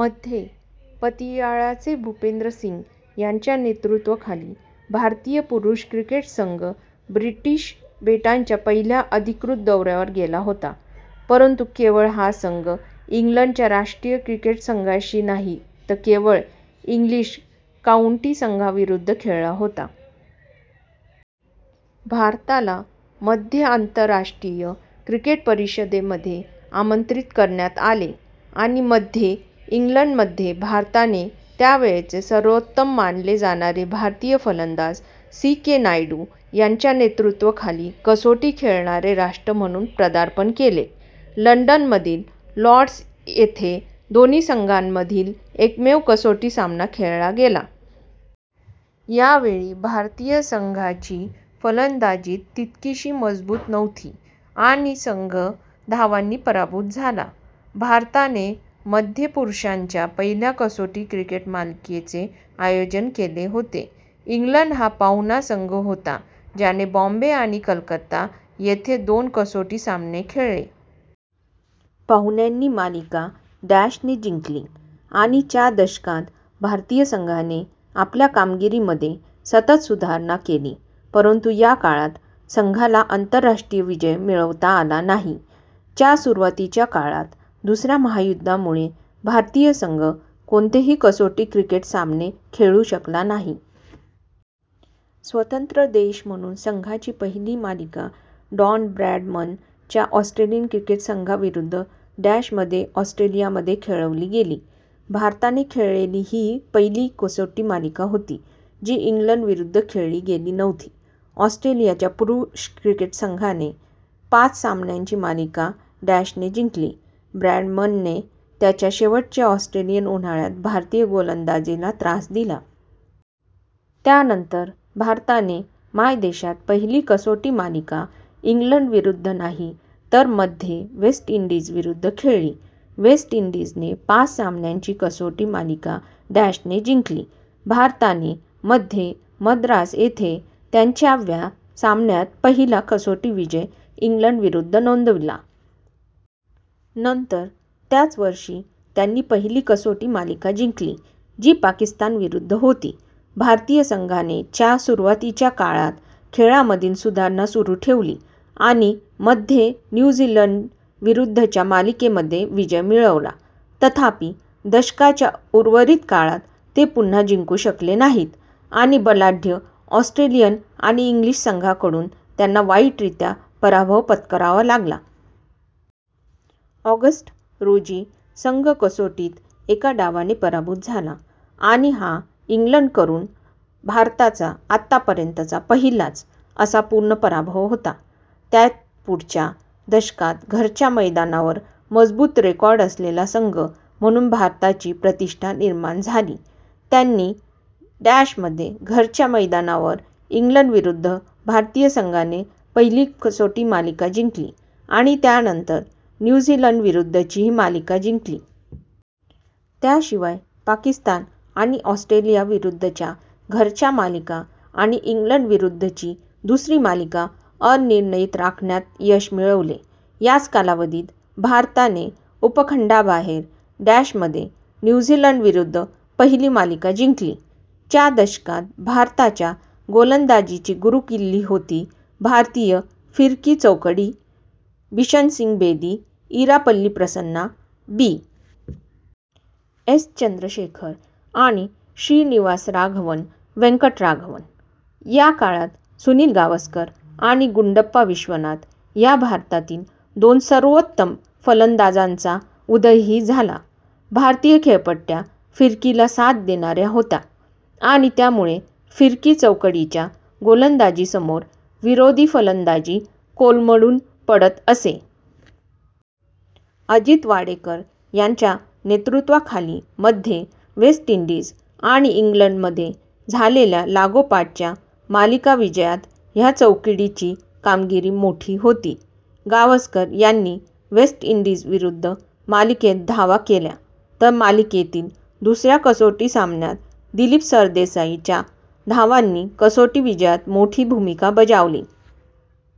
मध्ये, पतियाळाचे भूपिंदर सिंग यांच्या नेतृत्वाखाली भारतीय पुरुष क्रिकेट संघ ब्रिटिश बेटांच्या पहिल्या अधिकृत दौऱ्यावर गेला होता, परंतु केवळ हा संघ इंग्लंडच्या राष्ट्रीय क्रिकेट संघाशी नाही तर केवळ इंग्लिश काऊंटी संघांविरुद्ध खेळला होता। भारताला मध्ये आंतरराष्ट्रीय क्रिकेट परिषदेमध्ये आमंत्रित करण्यात आले आणि मध्ये इंग्लंडमध्ये भारताने त्यावेळचे सर्वोत्तम मानले जाणारे भारतीय फलंदाज सी. के. नायडू, यांच्या नेतृत्वाखाली कसोटी खेळणारे राष्ट्र म्हणून पदार्पण केले. लंडन मधील लॉर्ड्स येथे दोन्ही संघांमधील एकमेव कसोटी सामना खेळला गेला. यावेळी भारतीय संघाची फलंदाजीत तितकीशी मजबूत नव्हती आणि संघ धावांनी पराभूत झाला. भारताने मध्ये पुरुषांच्या पहिल्या कसोटी क्रिकेट मालिकेचे आयोजन केले होते. इंग्लंड हा पाहुणा संघ होता ज्याने बॉम्बे आणि कलकत्ता येथे दोन कसोटी सामने खेळले. पाहुण्यांनी मालिका - ने जिंकली. आणि च्या दशकात भारतीय संघाने आपल्या कामगिरीमध्ये सतत सुधारणा केली परंतु या काळात संघाला आंतरराष्ट्रीय विजय मिळवता आला नाही. च्या सुरुवातीच्या काळात, दुसऱ्या महायुद्धा मुळे भारतीय संघ कोणतेही कसोटी क्रिकेट सामने खेळू शकला नाही. स्वतंत्र देश म्हणून संघाची पहिली मालिका डॉन ब्रॅडमन च्या ऑस्ट्रेलियन क्रिकेट संघाविरुद्ध - मध्ये ऑस्ट्रेलियामध्ये खेळवली गेली. भारताने खेळलेली ही पहिली कसोटी मालिका होती जी इंग्लंडविरुद्ध खेळली गेली नव्हती. ऑस्ट्रेलियाच्या पुरुष क्रिकेट संघाने पाच सामन्यांची मालिका - ने जिंकली, ब्रॅडमनने त्याच्या शेवटच्या ऑस्ट्रेलियन उन्हाळ्यात भारतीय गोलंदाजीला त्रास दिला. त्यानंतर भारताने मायदेशात पहिली कसोटी मालिका इंग्लंडविरुद्ध नाही तर मध्ये वेस्ट इंडीज विरुद्ध खेळली. वेस्ट इंडीजने पाच सामन्यांची कसोटी मालिका - ने जिंकली. भारताने मध्ये मद्रास येथे त्यांच्या व्या सामन्यात पहिला कसोटी विजय इंग्लंडविरुद्ध नोंदविला. नंतर त्याच वर्षी, त्यांनी पहिली कसोटी मालिका जिंकली, जी पाकिस्तान विरुद्ध होती. भारतीय संघाने च्या सुरुवातीच्या काळात खेळामधील सुधारणा सुरू ठेवली आणि मध्ये न्यू झीलंड विरुद्धच्या मालिकेमध्ये विजय मिळवला. तथापि, दशकाच्या उर्वरित काळात ते पुन्हा जिंकू शकले नाहीत आणि बलाढ्य ऑस्ट्रेलियन आणि इंग्लिश संघांकडून त्यांना वाईटरित्या पराभव पत्करावा लागला. ऑगस्ट रोजी, संघ कसोटीत एका डावाने पराभूत झाला आणि हा इंग्लंडकडून भारताचा आतापर्यंतचा पहिलाच - असा पूर्ण पराभव होता. त्यापुढच्या दशकात घरच्या मैदानावर मजबूत रेकॉर्ड असलेला संघ म्हणून भारताची प्रतिष्ठा निर्माण झाली. त्यांनी - मध्ये घरच्या मैदानावर इंग्लंडविरुद्ध भारतीय संघाने पहिली कसोटी मालिका जिंकली आणि त्यानंतर न्यू झीलंडविरुद्धची मालिकाही जिंकली. त्याशिवाय पाकिस्तान आणि ऑस्ट्रेलियाविरुद्धच्या घरच्या मालिका आणि इंग्लंडविरुद्धची दुसरी मालिका अनिर्णित राखण्यात यश मिळविले. याच कालावधीत भारताने उपखंडाबाहेर - मध्ये न्यू झीलंडविरुद्ध पहिली मालिका जिंकली. च्या दशकात भारताच्या गोलंदाजीची गुरुकिल्ली होती भारतीय फिरकी चौकडी बिशनसिंग बेदी, इरापल्ली प्रसन्ना, बी. एस. चंद्रशेखर आणि श्रीनिवासराघवन वेंकटराघवन. या काळात सुनील गावस्कर आणि गुंडप्पा विश्वनाथ या भारतातील दोन सर्वोत्तम फलंदाजांचा उदयही झाला. भारतीय खेळपट्ट्या फिरकीला साथ देणाऱ्या होत्या आणि त्यामुळे फिरकी चौकडीच्या गोलंदाजीसमोर विरोधी फलंदाजी कोलमडून पडत असे. अजित वाडेकर यांच्या नेतृत्वाखाली मध्ये वेस्ट इंडीज आणि इंग्लंड मध्ये झालेल्या लागोपाठच्या मालिका विजयात ह्या चौकडीची कामगिरी मोठी होती. गावस्कर यांनी वेस्ट इंडीज विरुद्ध मालिकेत धावा केल्या तर मालिकेतील दुसऱ्या कसोटी सामन्यात दिलीप सरदेसाई च्या धावांनी कसोटी विजयात मोठी भूमिका बजावली.